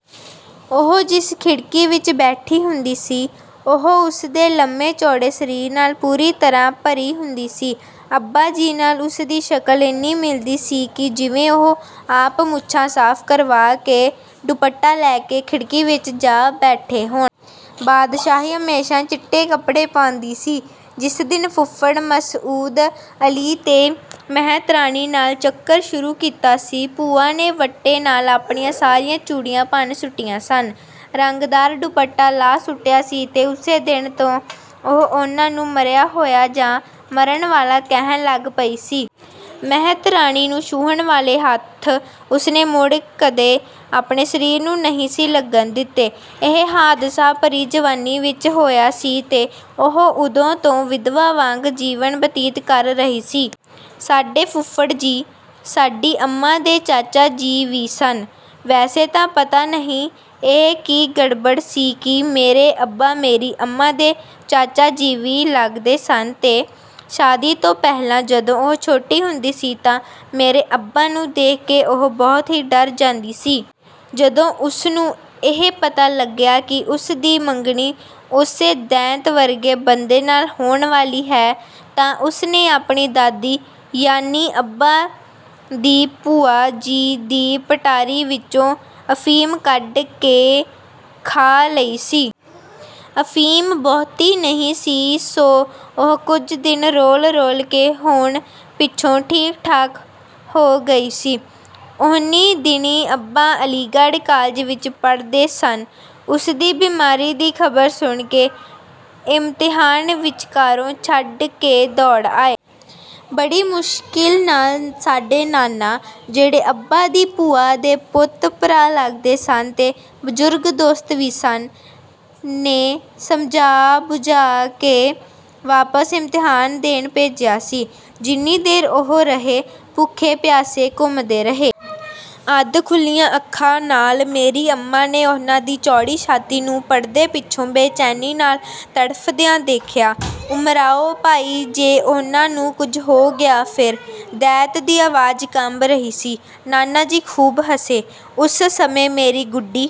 ਉਹ ਜਿਸ ਖਿੜਕੀ ਵਿੱਚ ਬੈਠੀ ਹੁੰਦੀ ਸੀ, ਉਹ ਉਸ ਦੇ ਲੰਮੇ-ਚੌੜੇ ਸਰੀਰ ਨਾਲ ਪੂਰੀ ਤਰ੍ਹਾਂ ਭਰੀ ਹੁੰਦੀ ਸੀ। ਅੱਬਾ ਜੀ ਨਾਲ ਉਸ ਦੀ ਸ਼ਕਲ ਇੰਨੀ ਮਿਲਦੀ ਸੀ ਕਿ ਜਿਵੇਂ ਉਹ ਆਪ ਮੁੱਛਾਂ ਸਾਫ਼ ਕਰਵਾ ਕੇ, ਦੁਪੱਟਾ ਲੈ ਕੇ, ਖਿੜਕੀ ਵਿੱਚ ਜਾ ਬੈਠੇ ਹੋਣ। ਬਾਦਸ਼ਾਹੀ ਹਮੇਸ਼ਾ ਚਿੱਟੇ ਕੱਪੜੇ ਪਾਉਂਦੀ ਸੀ। ਜਿਸ ਦਿਨ ਫੁੱਫੜ ਮਸਊਦ ਅਲੀ ਨੇ ਮਹਿਤਰਾਣੀ ਨਾਲ ਚੱਕਰ ਸ਼ੁਰੂ ਕੀਤਾ ਸੀ, ਭੂਆ ਨੇ ਵੱਟੇ ਨਾਲ ਆਪਣੀਆਂ ਸਾਰੀਆਂ ਚੂੜੀਆਂ ਭੰਨ ਸੁੱਟੀਆਂ ਸਨ। ਰੰਗਦਾਰ ਦੁਪੱਟਾ ਲਾਹ ਸੁੱਟਿਆ ਸੀ ਤੇ ਉਸੇ ਦਿਨ ਤੋਂ ਉਹ ਉਨ੍ਹਾਂ ਨੂੰ ਮਰਿਆ ਹੋਇਆ ਜਾਂ 'ਮਰਨ ਵਾਲਾ' ਕਹਿਣ ਲੱਗ ਪਈ ਸੀ। ਮਹਿਤਰਾਣੀ ਨੂੰ ਛੂਹਣ ਵਾਲੇ ਹੱਥ ਉਸ ਨੇ ਮੁੜ ਕਦੇ ਆਪਣੇ ਸਰੀਰ ਨੂੰ ਨਹੀਂ ਸੀ ਲੱਗਣ ਦਿੱਤੇ। ਇਹ ਹਾਦਸਾ ਭਰੀ ਜਵਾਨੀ ਵਿੱਚ ਹੋਇਆ ਸੀ ਤੇ ਉਹ ਉਦੋਂ ਤੋਂ ਵਿਧਵਾ ਵਾਂਗ ਜੀਵਨ ਬਤੀਤ ਕਰ ਰਹੀ ਸੀ। ਸਾਡੇ ਫੁੱਫੜ ਜੀ, ਸਾਡੀ ਅੰਮਾਂ ਦੇ ਚਾਚਾ ਜੀ ਵੀ ਸਨ। ਵੈਸੇ ਤਾਂ ਪਤਾ ਨਹੀਂ ਇਹ ਕੀ ਗੜਬੜ ਸੀ ਕਿ ਮੇਰੇ ਅੱਬਾ ਮੇਰੀ ਅੰਮਾਂ ਦੇ ਚਾਚਾ ਜੀ ਵੀ ਲੱਗਦੇ ਸਨ ਤੇ ਸ਼ਾਦੀ ਤੋਂ ਪਹਿਲਾਂ ਜਦੋਂ ਉਹ ਛੋਟੀ ਹੁੰਦੀ ਸੀ ਤਾਂ ਮੇਰੇ ਅੱਬਾ ਨੂੰ ਦੇਖ ਕੇ ਉਹ ਬਹੁਤ ਹੀ ਡਰ ਜਾਂਦੀ ਸੀ। ਜਦੋਂ ਉਸ ਨੂੰ ਇਹ ਪਤਾ ਲੱਗਿਆ ਕਿ ਉਸ ਦੀ ਮੰਗਣੀ ਉਸੇ ਦੈਂਤ ਵਰਗੇ ਬੰਦੇ ਨਾਲ ਹੋਣ ਵਾਲੀ ਹੈ ਤਾਂ ਉਸ ਨੇ ਆਪਣੀ ਦਾਦੀ ਯਾਨੀ ਅੱਬਾ ਦੀ ਭੂਆ ਜੀ ਦੀ ਪਟਾਰੀ ਵਿੱਚੋਂ ਅਫ਼ੀਮ ਕੱਢ ਕੇ ਖਾ ਲਈ ਸੀ। ਅਫ਼ੀਮ ਬਹੁਤੀ ਨਹੀਂ ਸੀ ਸੋ ਉਹ ਕੁਝ ਦਿਨ ਰੋਲ-ਰੋਲ ਕੇ ਹੋਣ ਪਿੱਛੋਂ ਠੀਕ-ਠਾਕ ਹੋ ਗਈ ਸੀ। ਉਹਨੀਂ ਦਿਨੀਂ ਅੱਬਾ ਅਲੀਗੜ੍ਹ ਕਾਲਜ ਵਿੱਚ ਪੜ੍ਹਦੇ ਸਨ। ਉਸਦੀ ਬਿਮਾਰੀ ਦੀ ਖ਼ਬਰ ਸੁਣ ਕੇ ਇਮਤਿਹਾਨ ਵਿਚਕਾਰੋਂ ਛੱਡ ਕੇ ਦੌੜ ਆਏ। ਬੜੀ ਮੁਸ਼ਕਿਲ ਨਾਲ ਸਾਡੇ ਨਾਨਾ, ਜਿਹੜੇ ਅੱਬਾ ਦੀ ਭੂਆ ਦੇ ਪੁੱਤ-ਭਰਾ ਲੱਗਦੇ ਸਨ ਤੇ ਬਜ਼ੁਰਗ ਦੋਸਤ ਵੀ ਸਨ, ਨੇ ਸਮਝਾ-ਬੁਝਾ ਕੇ ਵਾਪਸ ਇਮਤਿਹਾਨ ਦੇਣ ਭੇਜਿਆ ਸੀ। ਜਿੰਨੀ ਦੇਰ ਉਹ ਰਹੇ, ਭੁੱਖੇ ਪਿਆਸੇ ਘੁੰਮਦੇ ਰਹੇ। ਅੱਧ-ਖੁੱਲ੍ਹੀਆਂ ਅੱਖਾਂ ਨਾਲ ਮੇਰੀ ਅੰਮਾਂ ਨੇ ਉਨ੍ਹਾਂ ਦੀ ਚੌੜੀ ਛਾਤੀ ਨੂੰ ਪਰਦੇ ਪਿੱਛੋਂ ਬੇਚੈਨੀ ਨਾਲ ਤੜਫ਼ਦਿਆਂ ਦੇਖਿਆ। ''ਉਮਰਾਓ ਭਾਈ ਜੇ ਉਨ੍ਹਾਂ ਨੂੰ ਕੁਝ ਹੋ ਗਿਆ ਫਿਰ,'' ਦੈਂਤ ਦੀ ਆਵਾਜ਼ ਕੰਬ ਰਹੀ ਸੀ। ਨਾਨਾ ਜੀ ਖੂਬ ਹੱਸੇ। ਉਸ ਸਮੇਂ ਮੇਰੀ ਗੁੱਡੀ